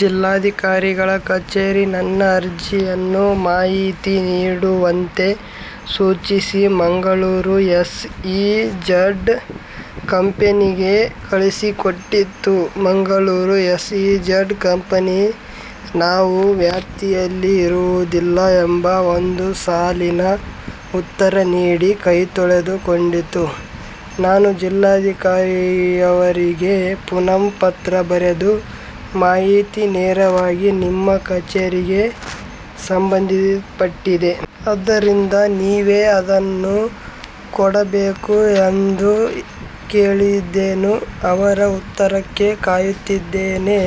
ಜಿಲ್ಲಾಧಿಕಾರಿಗಳ ಕಛೇರಿ ನನ್ನ ಅರ್ಜಿಯನ್ನು-ಮಾಹಿತಿ ನೀಡುವಂತೆ ಸೂಚಿಸಿ-ಮಂಗಳೂರು ಎಸ್ ಇ ಝಡ್ ಕಂಪೆನಿಗೆ ಕಳಿಸಿಕೊಟ್ಟಿತು. Mangaluru S E Z company "ನಾವು ವ್ಯಾಪ್ತಿಯಲ್ಲಿ ಬರುವುದಿಲ್ಲ" ಎಂಬ ಒಂದು ಸಾಲಿನ ಉತ್ತರ ನೀಡಿ ಕೈ ತೊಳೆದುಕೊಂಡಿತು. ನಾನು ಜಿಲ್ಲಾಧಿಕಾರಿಯವರಿಗೆ ಪುನಃ ಪತ್ರ ಬರೆದು "ಮಾಹಿತಿ ನೇರವಾಗಿ ನಿಮ್ಮ ಕಛೇರಿಗೆ ಸಂಬಂಧಪಟ್ಟಿದೆ. ಆದ್ದರಿಂದ ನೀವೇ ಅದನ್ನು ಕೊಡಬೇಕು" ಎಂದು ಕೇಳಿದ್ದೇನೆ. ಅವರ ಉತ್ತರಕ್ಕೆ ಕಾಯುತ್ತಿದ್ದೇನೆ.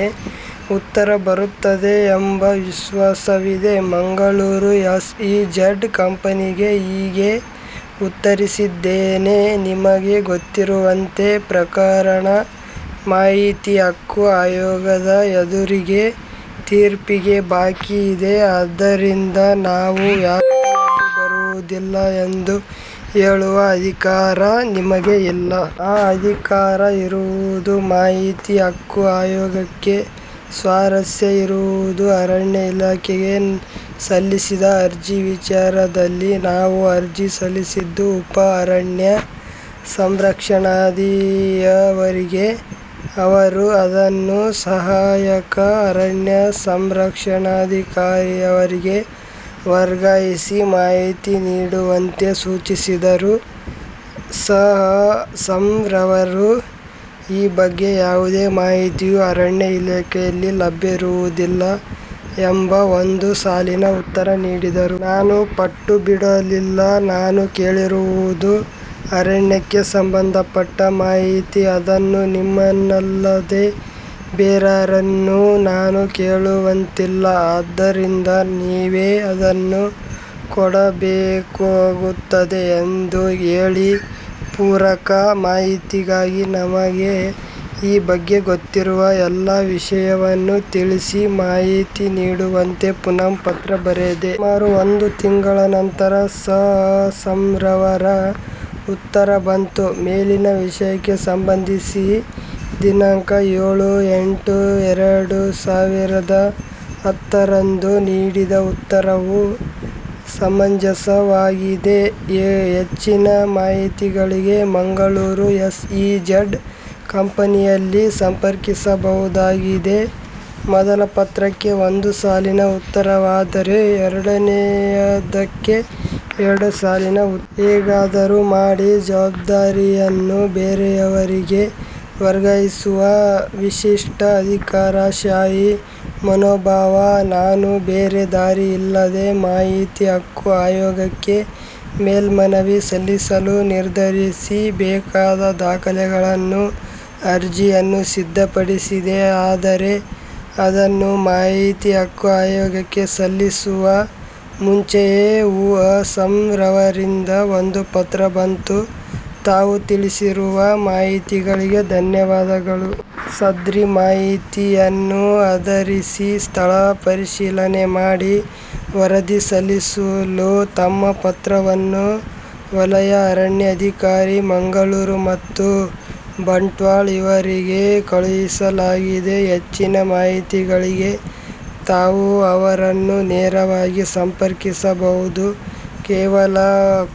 ಉತ್ತರ ಬರುತ್ತದೆ ಎಂಬ ವಿಶ್ವಾಸವಿದೆ. ಮಂಗಳೂರು ಎಸ್ ಇ ಝಡ್ ಕಂಪೆನಿಗೆ ಹೀಗೆ ಉತ್ತರಿಸಿದ್ದೇನೆ: "ನಿಮಗೆ ಗೊತ್ತಿರುವಂತೆ ಪ್ರಕರಣ ಮಾಹಿತಿ ಹಕ್ಕು ಆಯೋಗದ ಎದುರಿಗೆ ತೀರ್ಪಿಗೆ ಬಾಕಿ ಇದೆ. ಆದ್ದರಿಂದ "ನಾವು ವ್ಯಾಪ್ತಿಯಲ್ಲಿ ಬರುವುದಿಲ್ಲ" ಎಂದು ಹೇಳುವ ಅಧಿಕಾರ ನಿಮಗೆ ಇಲ್ಲ. ಆ ಅಧಿಕಾರ ಇರುವುದು ಮಾಹಿತಿ ಹಕ್ಕು ಆಯೋಗಕ್ಕೆ" ಸ್ವಾರಸ್ಯ ಇರುವುದು ಅರಣ್ಯ ಇಲಾಖೆಗೆ ಸಲ್ಲಿಸಿದ ಅರ್ಜಿ ವಿಚಾರದಲ್ಲಿ. ನಾನು ಅರ್ಜಿ ಸಲ್ಲಿಸಿದ್ದು ಉಪ ಅರಣ್ಯ ಸಂರಕ್ಷಣಾಧಿಕಾರಿಯವರಿಗೆ. ಅವರು ಅದನ್ನು ಸಹಾಯಕ ಅರಣ್ಯ ಸಂರಕ್ಷಣಾಧಿಕಾರಿಯವರಿಗೆ ವರ್ಗಾಯಿಸಿ, ಮಾಹಿತಿ ನೀಡುವಂತೆ ಸೂಚಿಸಿದರು. ಸ. ಅ. ಸಂ. ರವರು "ಈ ಬಗ್ಗೆ ಯಾವುದೇ ಮಾಹಿತಿಯು ಅರಣ್ಯ ಇಲಾಖೆಯಲ್ಲಿ ಲಭ್ಯವಿರುವುದಿಲ್ಲ" ಎಂಬ ಒಂದು ಸಾಲಿನ ಉತ್ತರ ನೀಡಿದರು. ನಾನು ಪಟ್ಟು ಬಿಡಲಿಲ್ಲ. "ನಾನು ಕೇಳಿರುವುದು ಅರಣ್ಯಕ್ಕೆ ಸಂಬಂಧಪಟ್ಟ ಮಾಹಿತಿ. ಅದನ್ನು ನಿಮ್ಮನ್ನಲ್ಲದೆ ಬೇರಾರನ್ನೂ ನಾನು ಕೇಳುವಂತಿಲ್ಲ. ಆದ್ದರಿಂದ ನೀವೇ ಅದನ್ನು ಕೊಡಬೇಕಾಗುತ್ತದೆ" ಎಂದು ಹೇಳಿ ಪೂರಕ ಮಾಹಿತಿಯಾಗಿ, ನನಗೆ ಈ ಬಗ್ಗೆ ಗೊತ್ತಿರುವ ಎಲ್ಲ ವಿಷಯವನ್ನೂ ತಿಳಿಸಿ, ಮಾಹಿತಿ ನೀಡುವಂತೆ ಪುನಃ ಪತ್ರ ಬರೆದೆ. ಸುಮಾರು ಒಂದು ತಿಂಗಳ ನಂತರ ಸ. ಅ. ಸಂ. ರವರ ಉತ್ತರ ಬಂತು: "ಮೇಲಿನ ವಿಷಯಕ್ಕೆ ಸಂಬಂಧಿಸಿ ದಿನಾಂಕ ಎಳು -ಎಂಟು-ಎರಡು ಸಾವಿರದ ಹತ್ತರಂದು ನೀಡಿದ ಉತ್ತರವು ಸಮಂಜಸವಾಗಿದೆ. ಹೆಚ್ಚಿನ ಮಾಹಿತಿಗಳಿಗೆ ಮಂಗಳೂರು ಎಸ್ ಇ ಝಡ್ ಕಂಪೆನಿಯನ್ನು ಸಂಪರ್ಕಿಸಬಹುದಾಗಿದೆ". ಮೊದಲ ಪತ್ರಕ್ಕೆ ಒಂದು ಸಾಲಿನ ಉತ್ತರವಾದರೆ, ಎರಡನೆಯದಕ್ಕೆ ಎರಡು ಸಾಲಿನ ಉತ್ತರ! ಹೇಗಾದರೂ ಮಾಡಿ ಜವಾಬ್ದಾರಿಯನ್ನು ಬೇರೆಯವರಿಗೆ ವರ್ಗಾಯಿಸುವ ವಿಶಿಷ್ಟ ಅಧಿಕಾರಶಾಹಿ ಮನೋಭಾವ. ನಾನು ಬೇರೆ ದಾರಿ ಇಲ್ಲದೆ, ಮಾಹಿತಿ ಹಕ್ಕು ಆಯೋಗಕ್ಕೆ ಮೇಲ್ಮನವಿ ಸಲ್ಲಿಸಲು ನಿರ್ಧರಿಸಿ ಬೇಕಾದ ದಾಖಲೆಗಳನ್ನೂ, ಅರ್ಜಿಯನ್ನೂ ಸಿದ್ದಪಡಿಸಿದೆ. ಆದರೆ ಅದನ್ನು ಮಾಹಿತಿ ಹಕ್ಕು ಆಯೋಗಕ್ಕೆ ಕಳಿಸುವ ಮುಂಚೆಯೇ ಉ. ಅ. ಸಂ. ರವರಿಂದ ಒಂದು ಪತ್ರ ಬಂತು: "ತಾವು ತಿಳಿಸಿರುವ ಮಾಹಿತಿಗಳಿಗೆ ಧನ್ಯವಾದಗಳು. ಸದ್ರಿ ಮಾಹಿತಿಯನ್ನು ಆಧರಿಸಿ ಸ್ಥಳ ಪರಿಶೀಲನೆ ಮಾಡಿ ವರದಿ ಸಲ್ಲಿಸಲು ತಮ್ಮ ಪತ್ರವನ್ನು ವಲಯ ಅರಣ್ಯ ಅಧಿಕಾರಿ, ಮಂಗಳೂರು ಮತ್ತು ಬಂಟ್ವಾಳ ಇವರಿಗೆ ಕಳುಹಿಸಲಾಗಿದೆ. ಹೆಚ್ಚಿನ ಮಾಹಿತಿಗಳಿಗೆ ತಾವು ಅವರನ್ನು ನೇರವಾಗಿ ಸಂಪರ್ಕಿಸಬಹುದು". ಕೇವಲ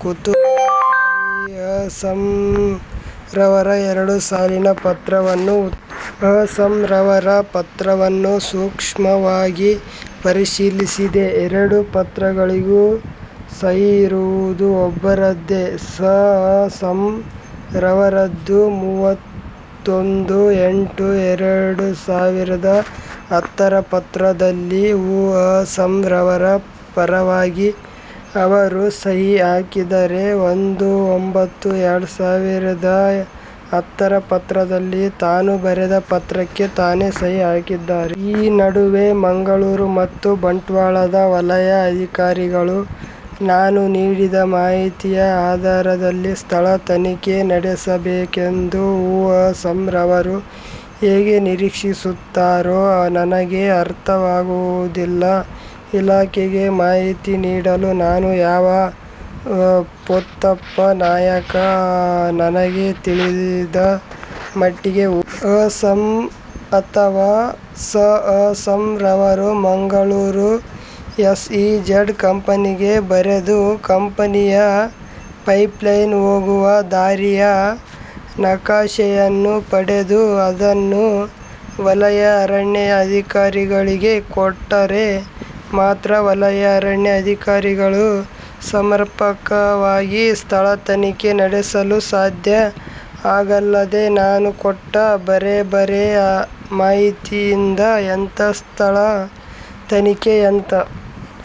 ಕುತೂಹಲಕ್ಕಾಗಿ ಸ. ಅ. ಸಂ. ರವರ ಎರಡು ಸಾಲಿನ ಪತ್ರವನ್ನೂ, ಉ. ಅ. ಸಂ. ರವರ ಪತ್ರವನ್ನೂ ಸೂಕ್ಷ್ಮವಾಗಿ ಪರಿಶೀಲಿಸಿದೆ. ಎರಡು ಪತ್ರಗಳಿಗೂ ಸಹಿ ಇರುವುದು ಒಬ್ಬರದ್ದೇ: ಸ. ಅ. ಸಂ. ರವರದ್ದು. ಮೂವತ್ತೊಂದು -ಎಂಟು -ಎರಡು ಸಾವಿರದ ಹತ್ತರ ಪತ್ರದಲ್ಲಿ ಉ. ಅ. ಸಂ. ರವರ ಪರವಾಗಿ ಅವರು ಸಹಿ ಹಾಕಿದ್ದರೆ, ಒಂದು -ಒಂಭತ್ತು-ಎರಡು ಸಾವಿರದ ಹತ್ತರ ಪತ್ರದಲ್ಲಿ ತಾನು ಬರೆದ ಪತ್ರಕ್ಕೆ ತಾನೇ ಸಹಿ ಹಾಕಿದ್ದಾರೆ. ಈ ನಡುವೆ ಮಂಗಳೂರು ಮತ್ತು ಬಂಟ್ವಾಳದ ವಲಯ ಅಧಿಕಾರಿಗಳು ನಾನು ನೀಡಿದ ಮಾಹಿತಿಯ ಆಧಾರದಲ್ಲಿ ಸ್ಥಳ ತನಿಖೆ ನಡೆಸಬೇಕೆಂದು ಉ. ಅ. ಸಂ. ರವರು ಹೇಗೆ ನಿರೀಕ್ಷಿಸುತ್ತಾರೋ ನನಗೆ ಅರ್ಥವಾಗುವುದಿಲ್ಲ. ಇಲಾಖೆಗೆ ಮಾಹಿತಿ ನೀಡಲು ನಾನು ಯಾವ ಪೋತಪ್ಪ ನಾಯಕ? ನನಗೆ ತಿಳಿದ ಮಟ್ಟಿಗೆ ಉ. ಅ. ಸಂ. ಅಥವಾ ಸ. ಅ. ಸಂ. ರವರು ಮಂಗಳೂರು ಎಸ್ ಇ ಝಡ್ ಕಂಪೆನಿಗೆ ಬರೆದು, ಕಂಪೆನಿಯ ಪೈಪ್ ಲೈನ್ ಹೋಗುವ ದಾರಿಯ ನಕಾಶೆಯನ್ನು ಪಡೆದು, ಅದನ್ನು ವಲಯ ಅರಣ್ಯ ಅಧಿಕಾರಿಗಳಿಗೆ ಕೊಟ್ಟರೆ ಮಾತ್ರ ವಲಯ ಅರಣ್ಯ ಅಧಿಕಾರಿಗಳು ಸಮರ್ಪಕವಾಗಿ ಸ್ಥಳ ತನಿಖೆ ನಡೆಸಲು ಸಾಧ್ಯ. ಹಾಗಲ್ಲದೆ ನಾನು ಕೊಟ್ಟ ಅರೆಬರೆ ಮಾಹಿತಿಯಿಂದ ಎಂಥ ಸ್ಥಳ ತನಿಖೆ? ಎಂಥ